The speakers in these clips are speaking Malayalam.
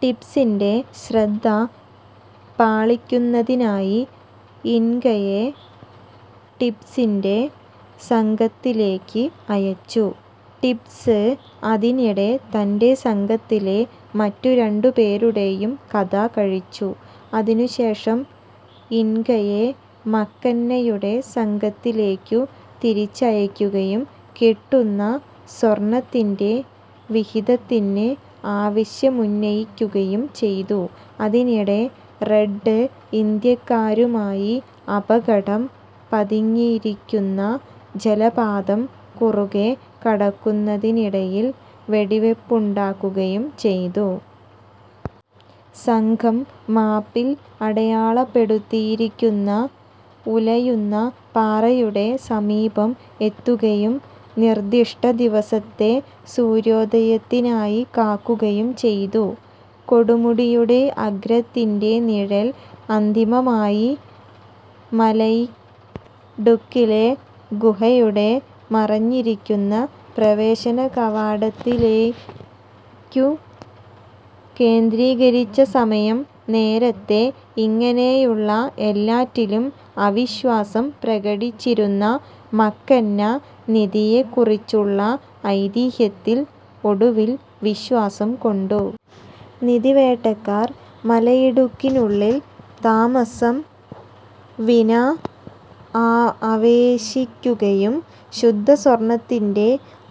ടിബ്സിന്റെ ശ്രദ്ധ പാളിക്കുന്നതിനായി ഇന്ഗയെ ടിബ്സിന്റെ സംഘത്തിലേയ്ക്കു് അയച്ചു. ടിബ്സ് അതിനിടെ തന്റെ സംഘത്തിലെ മറ്റു രണ്ടു പേരുടെയും കഥ കഴിച്ചു. അതിനു ശേഷം ഇന്ഗയെ മക്കന്നയുടെ സംഘത്തിലേയ്ക്കു തിരിച്ചയയ്ക്കുകയും കിട്ടുന്ന സ്വർണ്ണത്തിന്റെ വിഹിതത്തിന് ആവശ്യമുന്നയിക്കുകയും ചെയ്തു. അതിനിടെ റെഡ് ഇന്ത്യക്കാരുമായി അപകടം പതിയിരിക്കുന്ന ജലപാതം കുറുകെ കടക്കുന്നതിനിടയിൽ വെടിവെപ്പുണ്ടാകുകയും ചെയ്തു. സംഘം മാപ്പിൽ അടയാളപ്പെടുത്തിയിരുന്ന ഉലയുന്ന പാറയുടെ സമീപം എത്തുകയും നിർദ്ദിഷ്ട ദിവസത്തെ സൂര്യോദയത്തിനായി കാക്കുകയും ചെയ്തു. കൊടുമുടിയുടെ അഗ്രത്തിന്റെ നിഴൽ അന്തിമമായി മലയിടുക്കിലെ ഗുഹയുടെ മറഞ്ഞിരിക്കുന്ന പ്രവേശന കവാടത്തിലെത്തിലേയ്ക്കു കേന്ദ്രീകരിച്ച സമയം നേരത്തേ ഇങ്ങനെയുള്ള എല്ലാറ്റിലും അവിശ്വാസം പ്രകടിപ്പിച്ചിരുന്ന മക്കന്ന നിധിയെക്കുറിച്ചുള്ള ഐതിഹ്യത്തിൽ ഒടുവിൽ വിശ്വാസം കൊണ്ടു. നിധിവേട്ടക്കാർ മലയിടുക്കിനുള്ളിൽ താമസംവിനാ പ്രവേശിക്കുകയും ശുദ്ധ സ്വർണ്ണത്തിന്റെ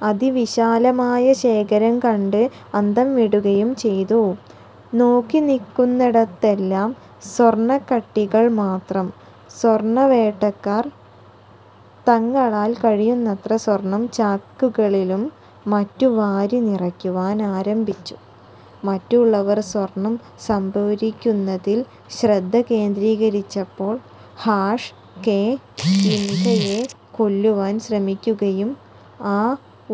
അതിവിശാലമായ ശേഖരം കണ്ട് അന്തം വിടുകയും ചെയ്തു. നോക്കുന്നിടത്തെല്ലാം സ്വർണ്ണക്കട്ടികൾ മാത്രം. സ്വർണ്ണ വേട്ടക്കാർ തങ്ങളാൽ കഴിയുന്നത്ര സ്വർണ്ണം ചാക്കുകളിലും മറ്റു വാരി നിറയ്ക്കുവാൻ ആരംഭിച്ചു. മറ്റുള്ളവർ സ്വർണ്ണം സംഭരിക്കുന്നതിൽ ശ്രദ്ധ കേന്ദ്രീകരിച്ചപ്പോൾ ഹാഷ്-കെ ഇന്ഗയെ കൊല്ലുവാൻ ശ്രമിക്കുകയും ആ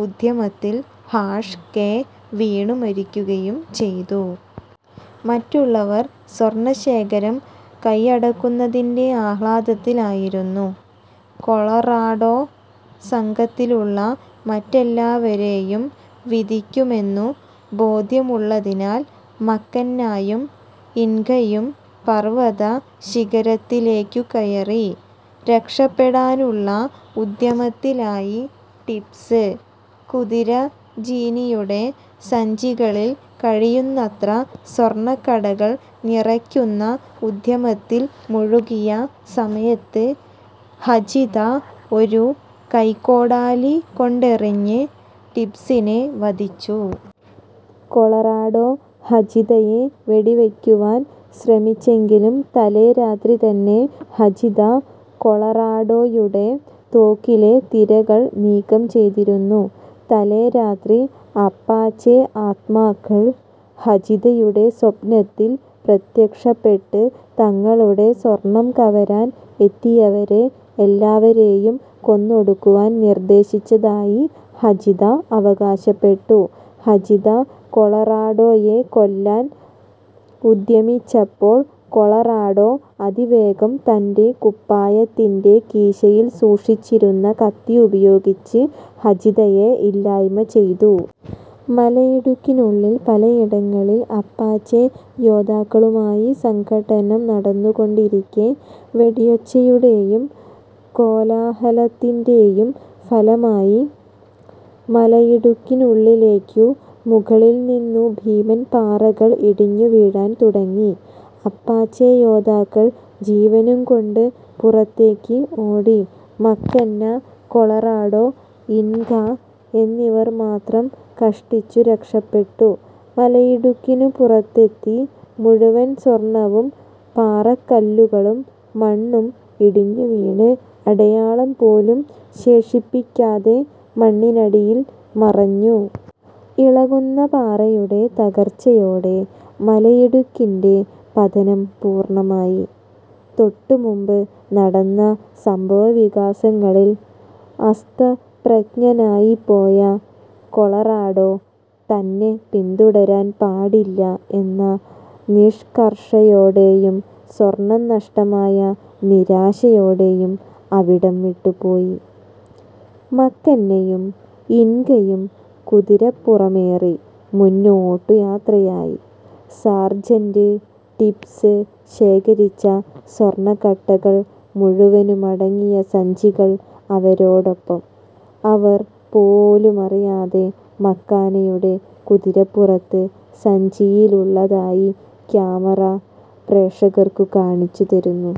ഉദ്യമത്തിൽ ഹാഷ്-കെ വീണു മരിക്കുകയും ചെയ്തു. മറ്റുള്ളവർ സ്വർണ്ണ ശേഖരം കയ്യടക്കുന്നതിന്റെ ആഹ്ലാദത്തിൽ ആയിരുന്നു. കൊളറാഡൊ സംഘത്തിലുള്ള മറ്റെല്ലാവരെയും വി ധിക്കുമെന്നു ബോദ്ധ്യമുള്ളതിനാൽ മക്കന്നായും ഇന്ഗയും പർവ്വത ശിഖരത്തിലേയ്ക്കു കയറി രക്ഷപെടാനുള്ള ഉദ്യമത്തിലായി. ടിബ്സ് കുതിരജീനിയുടെ സഞ്ചികളിൽ കഴിയുന്നത്ര സ്വർണ്ണക്കടകൾ നിറയ്ക്കുന്ന ഉദ്യമത്തിൽ മുഴുകിയ സമയത്ത് ഹചിത ഒരു കൈക്കോടാലി കൊണ്ടെറിഞ്ഞ് ടിബ്സിനെ വധിച്ചു. കൊളറാഡൊ, ഹചിതയെ വെടിവയ്ക്കുവാൻ ശ്രമിച്ചെങ്കിലും തലേ രാത്രി തന്നെ ഹചിത കൊളറാഡോയുടെ തോക്കിലെ തിരകൾ നീക്കം ചെയ്തിരുന്നു. തലേ രാത്രി അപ്പാച്ചെ ആത്മാക്കൾ ഹചിതയുടെ സ്വപ്നത്തിൽ പ്രത്യക്ഷപ്പെട്ട് തങ്ങളുടെ സ്വർണ്ണം കവരാൻ എത്തിയവരെ എല്ലാവരെയും കൊന്നൊടുക്കുവാൻ നിർദ്ദേശിച്ചതായി ഹചിത ആവകാശപ്പെട്ടു. ഹചിത കൊളറാഡോയെ കൊല്ലാൻ ഉദ്യമിച്ചപ്പോൾ കൊളറാഡൊ അതിവേഗം തന്റെ കുപ്പായത്തിന്റെ കീശയിൽ സൂക്ഷിച്ചിരുന്ന കത്തി ഉപയോഗിച്ച് ഹചിതയെ ഇല്ലായ്മ ചെയ്തു. മലയിടുക്കിനുള്ളിൽ പലയിടങ്ങളിൽ അപ്പാച്ചെ യോദ്ധാക്കളുമായി സംഘട്ടനം നടന്നുകൊണ്ടിരിക്കെ വെടിയൊച്ചയുടെയും കോലാഹലത്തിന്റെയും ഫലമായി മലയിടുക്കിനുള്ളിലേയ്ക്കു മുകളിൽ നിന്നു ഭീമൻ പാറകൾ ഇടിഞ്ഞുവീഴാൻ തുടങ്ങി. അപ്പാച്ചെ യോദ്ധാക്കൾ ജീവനും കൊണ്ട് പുറത്തേയ്ക്ക് ഓടി. മക്കന്ന, കൊളറാഡൊ, ഇന്ഗ എന്നിവർ മാത്രം കഷ്ടിച്ചു രക്ഷപെട്ടു മലയിടുക്കിനു പുറത്തെത്തി. മുഴുവൻ സ്വർണ്ണവും പാറക്കല്ലുകളും മണ്ണും ഇടിഞ്ഞുവീട് അടയാളം പോലും ശേഷിപ്പിക്കാതെ മണ്ണിനടിയിൽ മറഞ്ഞു. ഇളകുന്ന പാറയുടെ തകർച്ചയോടെ മലയിടുക്കിന്റെ പതനം പൂർണ്ണമായി. തൊട്ടു മുമ്പ് നടന്ന സംഭവവികാസങ്ങളിൽ അസ്തപ്രജ്ഞനായിപ്പോയ കൊളറാഡൊ തന്നെ പിന്തുടരാൻ പാടില്ല എന്ന നിഷ്കർഷയോടെയും സ്വർണ്ണം നഷ്ടമായ നിരാശയോടെയും അവിടം വിട്ടു പോയി. മക്കന്നയും ഇന്ഗയും കുതിരപ്പുറമേറി മുന്നോട്ടു യാത്രയായി. സാർജന്റ് ടിബ്സ് ശേഖരിച്ച സ്വർണ്ണക്കട്ടകൾ മുഴുവനുമടങ്ങിയ സഞ്ചികൾ അവരോടൊപ്പം അവർ പോലുമറിയാതെ മക്കന്നായുടെ കുതിരപ്പുറത്തെ സഞ്ചിയിലുള്ളതായി ക്യാമറ പ്രേക്ഷകർക്കു കാണിച്ചു തരുന്നു.